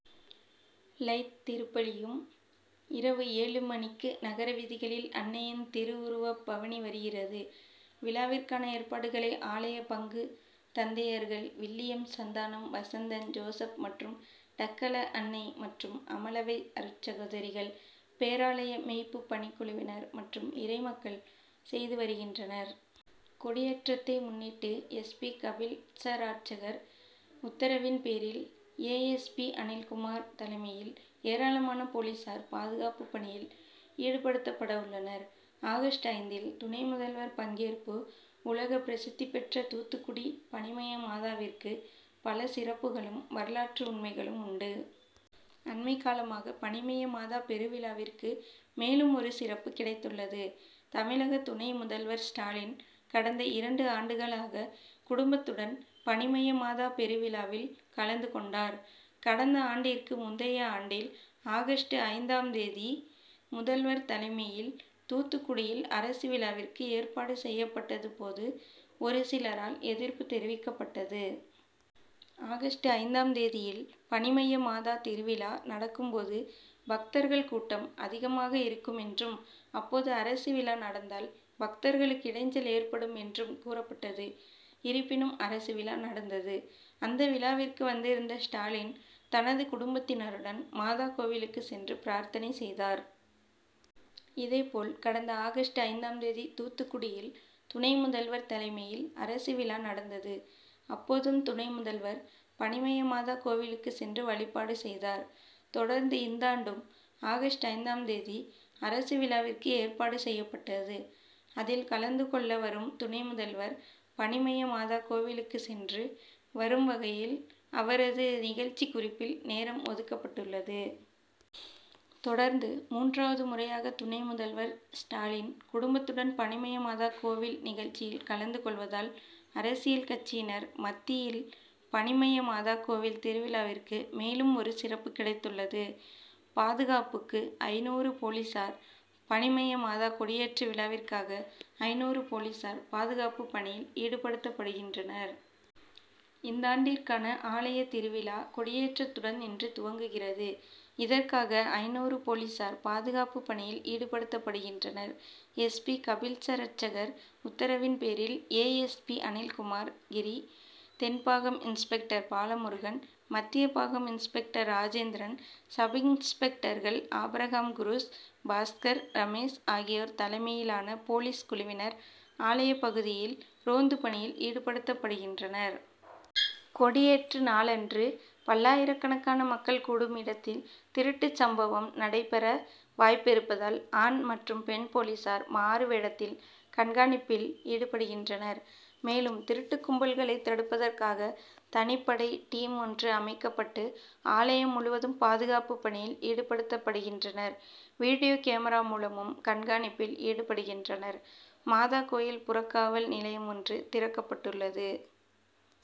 லைத் திருப்பலியும், இரவு ஏழு மணிக்கு நகர வீதிகளில் அன்னையின் திருவுருவப் பவனி நடக்கிறது. விழாவி ற்கான ஏற்பாடுகளை ஆல ய பங்கு தந்தையர்கள் வில்லியம் சந்தானம், வசந்தன், ஜோசப் மற்றும் டக்கல அன்னை மற்றும் அமலவை அருட்சகோதரிகள், பேராலய மேய்ப்புப் ப ணிக்குழுவினர் மற்றும் இறைமக்கள் செய்துவருகின்றனர். கொடியேற்றத் தை மு ன்னிட்டு எஸ். பி.,கபில்சராட்கர் உத்தரவின் பே ரில் ஏஎஸ்பி., அனில்குமார் லமையில் ஏராளமான போ லீசார் பாதுகாப்பு பணியில் ஈடுபடுத்தப்படவுள்ளனர். ஆகஸ்ட் ஐந்தில் துணை முதல்வர் பங்கேற்பு உலக பிரசித்தி பெற்ற தூத்துக்குடி பனிமய மாதாவிற்கு பல சிறப்புகளும், வரலாற்று உண்மைகளும் உண்டு. அண்மைகாலமாக பனிமய மாதா பெருவிழாவிற்கு மேலும் ஒரு சிறப்பு கிடைத்துள்ளது. தமிழக துணை முதல்வர் ஸ்டாலின் கடந்த இரண்டு ஆண்டுகளாக குடும்பத்துடன் பனிமயமாத பெருவிழாவில் கலந்து கொண்டார். கடந்த ஆண்டிற்கு முந்தைய ஆண்டில் ஆகஸ்ட்ஐந்தாம் தேதி முதல்வர் தலைமையில் தூத்துக்குடியில் அரசு விழாவிற்கு ஏற்பாடு செய்யப்பட்டது போது ஒரு சிலரால் எதிர்ப்பு தெரிவிக்கப்பட்டது. ஆகஸ்ட் ஐந்தாம் தேதியில் பனிமய மாதா திருவிழா நடக்கும் போது பக்தர்கள் கூட்டம் அதிகமாக இருக்கும் என்றும் அப்போது அரசு விழா நடந்தால் பக்தர்களுக்கு இடைஞ்சல் ஏற்படும் என்றும் கூறப்பட்டது. இருப்பினும் அரசு விழா நடந்தது. அந்த விழாவிற்கு வந்திருந்த ஸ்டாலின் தனது குடும்பத்தினருடன் மாதா கோவிலுக்கு சென்று பிராத்தனை செய்தார். இதேபோல் கடந்த ஆகஸ்ட் ஐந்தாம் தேதி தூத்துக்குடியில் துணை முதல்வர் தலைமையில் அரசு விழா நடந்தது. அப்போதும் துணை முதல்வர் பனிமய மாதா கோவிலுக்கு சென்று வழிபாடு செய்தார். தொடர்ந்து இந்தாண்டும் ஆகஸ்ட் ஐந்தாம் தேதி அரசு விழாவிற்கு ஏற்பாடு செய்யப்பட்டது. அதில் கலந்து கொள்ள வரும் துணை முதல்வர் பனிமய மாதா கோவிலுக்கு சென்று வரும் வகையில் அவரது நிகழ்ச்சி குறிப்பில் நேரம் ஒதுக்கப்பட்டுள்ளது. தொடர்ந்து மூன்றாவது முறையாக துணை முதல்வர் ஸ்டாலின் குடும்பத்துடன் பனிமய மாதா கோவில் நிகழ்ச்சியில் கலந்து கொள்வதால் அரசியல் கட்சியினர் மத்தியில் பனிமய மாதா கோவில் திருவிழாவிற்கு மேலும் ஒரு சிறப்பு கிடைத்துள்ளது. பாதுகாப்புக்கு ஐந்நூறு போலீசார் பனிமய மாதா கொடியேற்று விழாவிற்காக ஐந்நூறு போலீசார் பாதுகாப்பு பணியில் ஈடுபடுத்தப்படுகின்றனர். இந்தாண்டிற்கான ஆலய திருவிழா கொடியேற்றத்துடன் இன்று துவங்குகிறது. இதற்காக ஐந்நூறு போலீசார் பாதுகாப்பு பணியில் ஈடுபடுத்தப்படுகின்றனர். எஸ். பி., கபில்சரட்கர் உத்தரவின்பேரில் A. S. P., Anilkumar Giri, தென்பாகம் இன்ஸ்பெக்டர் பாலமுருகன், மத்தியபாகம் இன்ஸ்பெக்டர் ராஜேந்திரன், சப்-இன்ஸ்பெக்டர்கள் ஆபிரகாம் குரூஸ், பாஸ்கர், ரமேஷ் ஆகியோர் தலைமையிலான போலீஸ் குழுவினர் ஆலய பகுதியில் ரோந்து பணியில் ஈடுபடுத்தப்படுகின்றனர். கொடியேற்று நாளன்று பல்லாயிரக்கணக்கான மக்கள் கூடும் இடத்தில் திருட்டுச்சம்பவம் நடைபெற வாய்ப்பிருப்பதால் ஆண் மற்றும் பெண் போலீசார் மாறுவேடத்தில் கண்காணிப்பில் ஈடுபடுகின்றனர். மேலும் திருட்டுக்கும்பல்களை தடுப்பதற்காக தனிப்படை டீம் ஒன்று அமைக்கப்பட்டு ஆலயம் முழுவதும் பாதுகாப்பு பணியில் ஈடுபடுத்தப்படுகின்றனர். வீடியோ கேமரா மூலமும் கண்காணிப்பில் ஈடுபடுகின்றனர். மாதா கோயில் புறக்காவல் நிலையம் ஒன்று திறக்கப்பட்டுள்ளது.